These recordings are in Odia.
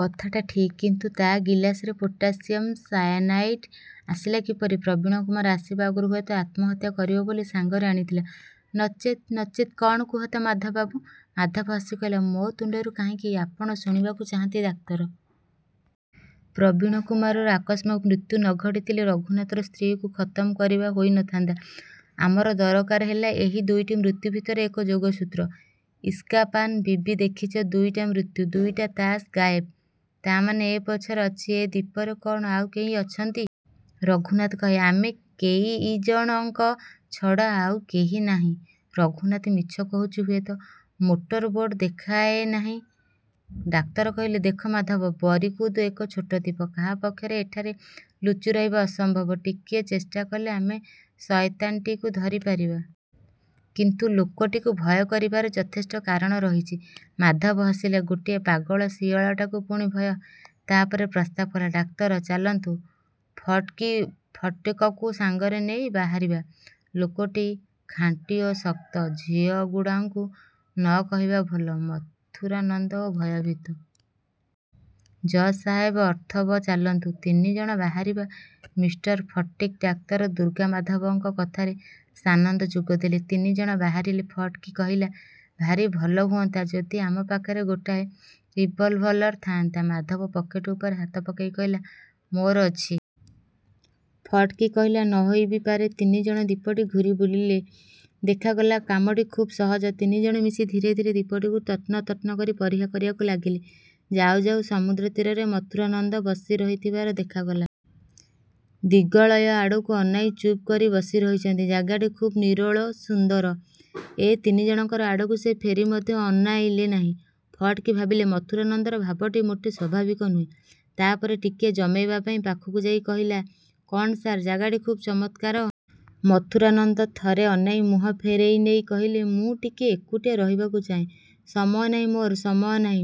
କଥାଟା ଠିକ୍ କିନ୍ତୁ ତା ଗିଲାସରେ ପଟାସିୟମ୍ ସାୟନାଇଡ୍ ଆସିଲା କିପରି? ପ୍ରବୀଣକୁମାର ଆସିବା ଆଗରୁ ହୁଏତ ଆତ୍ମହତ୍ୟା କରିବ ବୋଲି ସାଙ୍ଗରେ ଆଣିଥିଲା ନଚେତ୍ ନଚେତ୍ କଣ କୁହ ତ ମାଧବବାବୁ? ମାଧବ ହସି କହିଲା, ମୋ ତୁଣ୍ଡରୁ କାହିଁକି ଆପଣ ଶୁଣିବାକୁ ଚାହାନ୍ତି, ଡାକ୍ତର? ପ୍ରବୀଣକୁମାରର ଆକସ୍ମିକ ମୃତ୍ୟୁ ନ ଘଟିଥିଲେ ରଘୁନାଥର ସ୍ତ୍ରୀକୁ ଖତମ କରିବା ହୋଇ ନ ଥାନ୍ତା। ଆମର ଦରକାର ହେଲା ଏହି ଦୁଇଟି ମୃତ୍ୟୁ ଭିତରେ ଏକ ଯୋଗସୂତ୍ର। ଇସ୍କାପାନ ବିବି ଦେଖିଛ। ଦୁଇଟା ମୃତ୍ୟୁ, ଦୁଇଟା ତାସ୍ ଗାଏବ। ତା ମାନେ ଏ ପଛରେ ଅଛି, ଏ ଦ୍ଵୀପରେ କ'ଣ ଆଉ କେହି ଅଛନ୍ତି? ରଘୁନାଥ କହେ, ଆମ କେଇ ଜଣଙ୍କ ଛଡ଼ା ଆଉ କେହି ନାହିଁ। ରଘୁନାଥ ମିଛ କହୁଛି ହୁଏତ। ମୋଟର ବୋଟ ଦେଖାଏ ନାହିଁ। ଡାକ୍ତର କହିଲେ, ଦେଖ ମାଧବ, ବରିକୁଦ ଏକ ଛୋଟ ଦ୍ଵୀପ। କାହା ପକ୍ଷରେ ଏଠାରେ ଲୁଚିରହିବା ଅସମ୍ଭବ। ଟିକିଏ ଚେଷ୍ଟା କଲେ ଆମେ ଶୟତାନଟିକୁ ଧରିପାରିବା। କିନ୍ତୁ ଲୋକଟିକୁ ଭୟ କରିବାର ଯଥେଷ୍ଟ କାରଣ ରହିଛି। ମାଧବ ହସିଲା ଗୋଟାଏ ପାଗଳ ଶିଆଳଟାକୁ ପୁଣି ଭୟ ତା ପରେ ପ୍ରସ୍ତାବ କଲା ଡାକ୍ତର ଚାଲନ୍ତୁ ଫଟକି ଫଟିକକୁ ସାଙ୍ଗରେ ନେଇ ବାହାରିବା। ଲୋକଟି ଖାଣ୍ଟି ଓ ଶକ୍ତ। ଝିଅଗୁଡ଼ାଙ୍କୁ ନ କହିବା ଭଲ। ମଥୁରାନନ୍ଦ ଭୟଭୀତ। ଜଜ୍ ସାହେବ ଅଥର୍ବ। ଚାଲନ୍ତୁ, ତିନି ଜଣ ବାହାରିବା। ମିଷ୍ଟର ଫଟିକ୍ ଡାକ୍ତର ଦୁର୍ଗାମାଧବଙ୍କ କଥାରେ ସାନନ୍ଦ ଯୋଗ ଦେଲା। ତିନି ଜଣ ବାହାରିଲେ। ଫଟିକ୍ କହିଲା, ଭାରି ଭଲ ହୁଅନ୍ତା ଯଦି ଆମ ପାଖରେ ଗୋଟାଏ ରିଭଲଭର ଥାନ୍ତା। ମାଧବ ପକେଟ ଉପରେ ହାତ ପକାଇ କହିଲା, ମୋର ଅଛି। ଫଟକି କହିଲା, ନ ହୋଇ ବି ପାରେ। ତିନି ଜଣ ଦ୍ଵୀପଟି ଘୂରି ବୁଲିଲେ। ଦେଖାଗଲା, କାମଟି ଖୁବ୍ ସହଜ। ତିନି ଜଣ ମିଶି ଧୀରେ ଧୀରେ ଦ୍ଵୀପଟିକୁ ତନ୍ନ ତନ୍ନ କରି ପରୀକ୍ଷା କରିବାକୁ ଲାଗିଲେ। ଯାଉ ଯାଉ ସମୁଦ୍ରତୀରରେ ମଥୁରାନନ୍ଦ ବସିରହିଥିବାର ଦେଖାଗଲା। ଦିଗ୍ବଳୟ ଆଡ଼କୁ ଅନାଇ ଚୁପକରି ବସିରହିଛନ୍ତି। ଜାଗାଟି ଖୁବ୍ ନିରୋଳ ସୁନ୍ଦର। ଏ ତିନି ଜଣଙ୍କ ଆଡ଼କୁ ସେ ଫେରି ମଧ୍ୟ ଅନାଇଲେ ନାହିଁ। ଫଟିକ୍ ଭାବିଲା ମଥୁରାନନ୍ଦର ଭାବଟି ମୋଟେ ସ୍ଵଭାବିକ ନୁହେଁ। ତା ପରେ ଟିକିଏ ଜମାଇବା ପାଇଁ ପାଖକୁ ଯାଇ କହିଲା କଣ ସାର୍ ଜାଗାଟି ଖୁବ୍ ଚମତ୍କାର। ମଥୁରାନନ୍ଦ ଥରେ ଅନାଇ ମୁହଁ ଫେରେଇନେଇ କହିଲେ ମୁଁ ଟିକିଏ ଏକୁଟିଆ ରହିବାକୁ ଚାହେଁ। ସମୟ ନାହିଁ। ମୋର ସମୟ ନାହିଁ।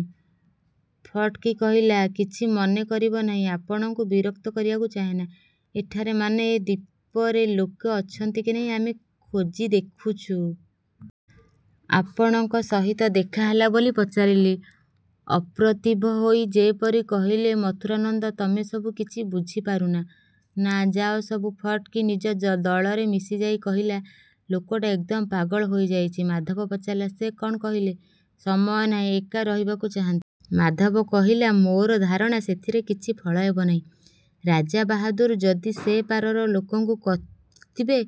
ଫଟକି କହିଲା କିଛି ମନେ କରିବ ନାହିଁ। ଆପଣଙ୍କୁ ବିରକ୍ତ କରିବାକୁ ଚାହେଁନା। ଏଠାରେ ମାନେ ଏ ଦ୍ଵୀପରେ ଲୋକ ଅଛନ୍ତି କି ନାହିଁ ଆମେ ଖୋଜି ଦେଖୁଛୁ। ଆପଣଙ୍କ ସହିତ ଦେଖା ହେଲା ବୋଲି ପଚାରିଲି। ଅପ୍ରତିଭ ହୋଇ ଯେପରି କହିଲେ ମଥୁରାନନ୍ଦ ତମେସବୁ କିଛି ବୁଝିପାରୁନା। ନା ଯାଅ ସବୁ। ଫଟକି ନିଜ ଜ ଦଳରେ ମିଶିଯାଇ କହିଲା, ଲୋକଟା ଏକଦମ ପାଗଳ ହୋଇଯାଇଛି। ମାଧବ ପଚାରିଲା ସେ କଣ କହିଲେ? ସମୟ ନାହିଁ ଏକା ରହିବାକୁ ଚାହାନ୍ତି। ମାଧବ କହିଲା ମୋର ଧାରଣା ସେଥିରେ କିଛି ଫଳ ହେବ ନାହିଁ। ରାଜାବାହାଦୁର ଯଦି ସେ ପାରର ଲୋକଙ୍କୁ କହିଥିବେ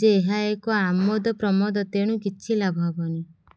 ଯେ ଏହା ଏକ ଆମୋଦପ୍ରମୋଦ ତେଣୁ କିଛି ଲାଭ ହେବନି।